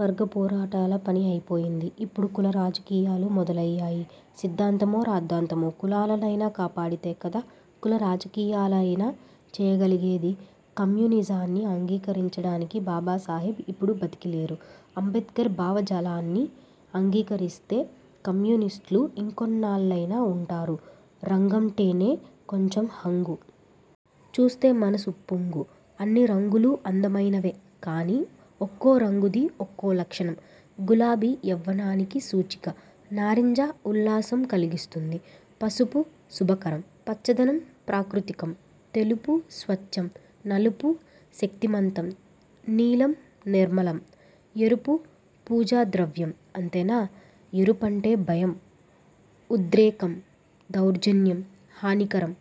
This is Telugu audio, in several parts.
వర్గ పోరాటాల పని అయిపోయింది. ఇప్పుడు కుల రాజకీయాలు మొదలయ్యాయి. సిద్ధాంతమో రాద్ధాంతమో! కులాల నైనా కాపాడితే కదా కుల రాజకీయాలైనా చేయగలిగేది! కమ్యూనిజాన్ని అంగీకరించడానికి బాబా సాహెబ్ ఇప్పుడు బతికి లేరు. అంబేడ్కర్ భావ జాలాన్ని అంగీకరిస్తే కమ్యూనిస్టులు ఇంకొన్నాళ్లైనా ఉంటారు. రంగంటేనే కొంచం హంగు. చూస్తే మనసుప్పొంగు! అన్ని రంగులూ అందమైనవే. కానీ ఒక్కో రంగుదీ ఒక్కో లక్షణం. గులాబీ యవ్వనానికి సూచిక. నారింజ ఉల్లాసం కలిగిస్తుంది. పసుపు శుభకరం. పచ్చదనం ప్రాకృతికం. తెలుపు స్వచ్ఛం. నలుపు శక్తి మంతం. నీలం నిర్మలం. ఎరుపు పూజా ద్రవ్యం. అంతేనా? ఎరుపంటే భయం, ఉద్రేకం, దౌర్జన్యం, హానికరం!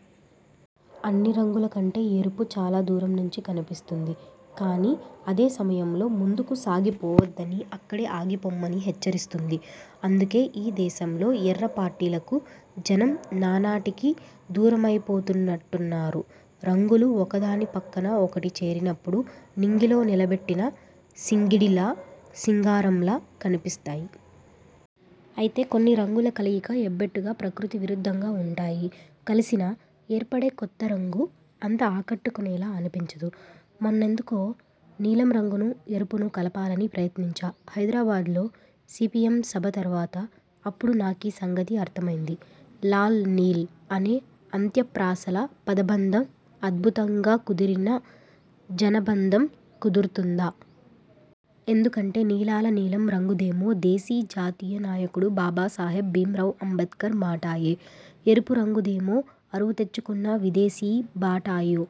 అన్ని రంగుల కంటే ఎరుపు చాలా దూరం నుంచి కనిపిస్తుంది. కానీ అదే సమయంలో, ముందుకు సాగి పోవద్దని, అక్కడే ఆగిపొమ్మని హెచ్చరిస్తుంది. అందుకే ఈ దేశంలో ఎర్ర పార్టీలకు, జనం నానాటికీ దూరమైపోతున్నట్టున్నారు! రంగులు ఒకదాని పక్కన ఒకటి చేరినప్పుడు నింగిలో నిల బెట్టిన సింగిడిలా సింగారంలా కనిపిస్తాయి. అయితే కొన్ని రంగుల కలయిక ఎబ్బెట్టుగా, ప్రకృతి విరుద్ధంగా ఉంటాయి. కలిసినా, ఏర్పడే కొత్త రంగు అంత ఆకట్టుకునేలా అనిపించదు. మొన్నెందుకో నీలం రంగును, ఎరుపును కలపాలని ప్రయత్నించా హైదరాబాద్లో సీపీఎం సభ తర్వాత! అప్పుడు నాకీ సంగతి అర్థమైంది. 'లాల్ నీల్' అనే అంత్య ప్రాసల పదబంధం అద్భుతంగా కుదిరినా జనబంధం కుదురుతుందా? ఎందుకంటే నీలాల నీలం రంగుదేమో దేశీ జాతీయ నాయకుడు బాబా సాహెబ్ భీమ్రావ్ అంబేడ్కర్ మాటాయె. ఎరుపు రంగుదేమో అరువు తెచ్చుకున్న విదేశీ బాటాయె!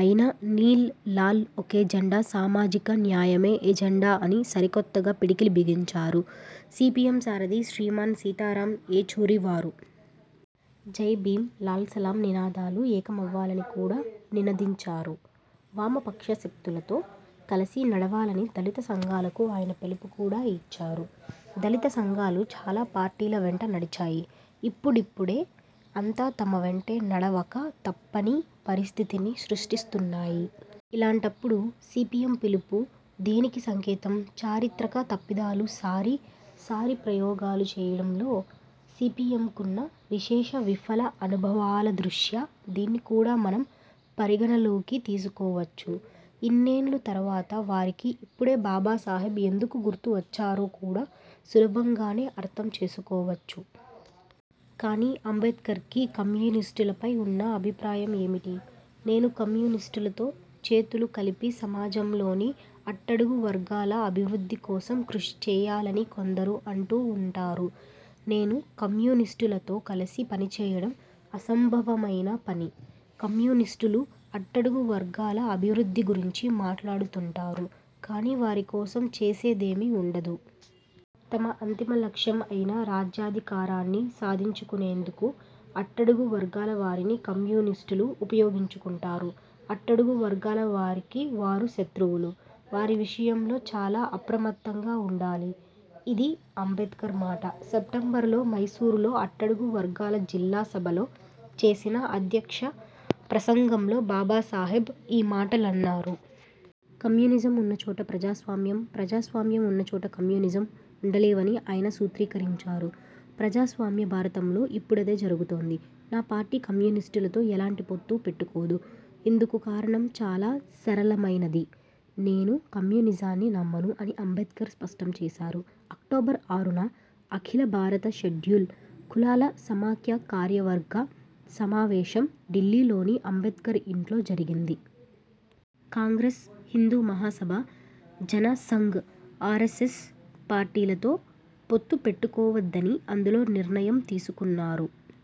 అయినా నీల్ లాల్ ఒకే జెండా, సామాజిక న్యాయమే ఎజెండా అని సరి కొత్తగా పిడికిలి బిగించారు సీపీఎం సారథి శ్రీమాన్ సీతారాం ఏచూరి వారు! జై భీమ్, లాల్ సలాం నినాదాలు ఏక మవ్వాలని కూడా నినదించారు. వామపక్ష శక్తుల తో కలసి నడవాలని దళిత సంఘాలకు ఆయన పిలుపు కూడా ఇచ్చారు. దళిత సంఘాలు చాలా పార్టీల వెంట నడిచాయి. ఇప్పుడిప్పుడే అంతా తమ వెంటే నడవక తప్పని పరిస్థితిని సృష్టిస్తున్నాయి. ఇలాంటప్పుడు సీపీఎం పిలుపు దేనికి సంకేతం? చారిత్రక తప్పిదాలు సారీ, సారీ ప్రయోగాలు చేయడంలో సీపీఎంకున్న విశేష విఫల అనుభవాల దృష్ట్యా దీన్ని కూడా మనం పరిగణనలోకి తీసుకోవచ్చు. ఇన్నేళ్లు తర్వాత వారికి ఇప్పుడే బాబా సాహెబ్ ఎందుకు గుర్తుకు వచ్చారో కూడా సులభంగానే అర్థం చేసుకోవచ్చు! కానీ అంబేడ్కర్కి కమ్యూనిస్టులపై ఉన్న అభిప్రాయం ఏమిటి? నేను కమ్యూనిస్టులతో చేతులు కలిపి సమాజంలోని అట్టడుగు వర్గాల అభివృద్ధి కోసం కృషి చేయాలని కొందరు అంటూ ఉంటారు. నేను కమ్యూనిస్టులతో కలసి పనిచేయడం అసంభవమైన పని. కమ్యూనిస్టులు అట్టడుగు వర్గాల అభివృద్ధి గురించి మాట్లాడుతుంటారు. కానీ వారి కోసం చేసేదేమీ ఉండదు. తమ అంతిమ లక్ష్యం అయిన రాజ్యాధికారాన్ని సాధించుకునేందుకు అట్టడుగు వర్గాల వారిని కమ్యూనిస్టులు ఉపయోగించుకుంటారు. అట్టడుగు వర్గాల వారికి వారు శత్రువులు. వారి విషయంలో చాలా అప్రమత్తంగా ఉండాలి ఇదీ అంబేడ్కర్ మాట! సెప్టెంబరులో మైసూరులో అట్టడుగు వర్గాల జిల్లా సభలో చేసిన అధ్యక్ష ప్రసంగంలో బాబా సాహెబ్ ఈ మాటలన్నారు. కమ్యూనిజం ఉన్నచోట ప్రజాస్వామ్యం, ప్రజాస్వామ్యం ఉన్నచోట కమ్యూనిజం ఉండ లేవని ఆయన సూత్రీకరించారు. ప్రజాస్వామ్య భారతంలో ఇప్పుడదే జరుగుతోంది! నా పార్టీ కమ్యూనిస్టులతో ఎలాంటి పొత్తూ పెట్టుకోదు. ఇందుకు కారణం చాలా సరళమైనది. నేను కమ్యూనిజాన్ని నమ్మను అని అంబేడ్కర్ స్పష్టంచేశారు. అక్టోబరు ఆరున అఖిల భారత షెడ్యూల్ కులాల సమాఖ్య కార్యవర్గ సమావేశం ఢిల్లీలోని అంబేడ్కర్ ఇంట్లో జరిగింది. కాంగ్రెస్, హిందూ మహాసభ, జన సంఘ్, ఆరెస్సెస్ పార్టీలతో పొత్తు పెట్టు కోవద్దని అందులో నిర్ణయం తీసుకున్నారు.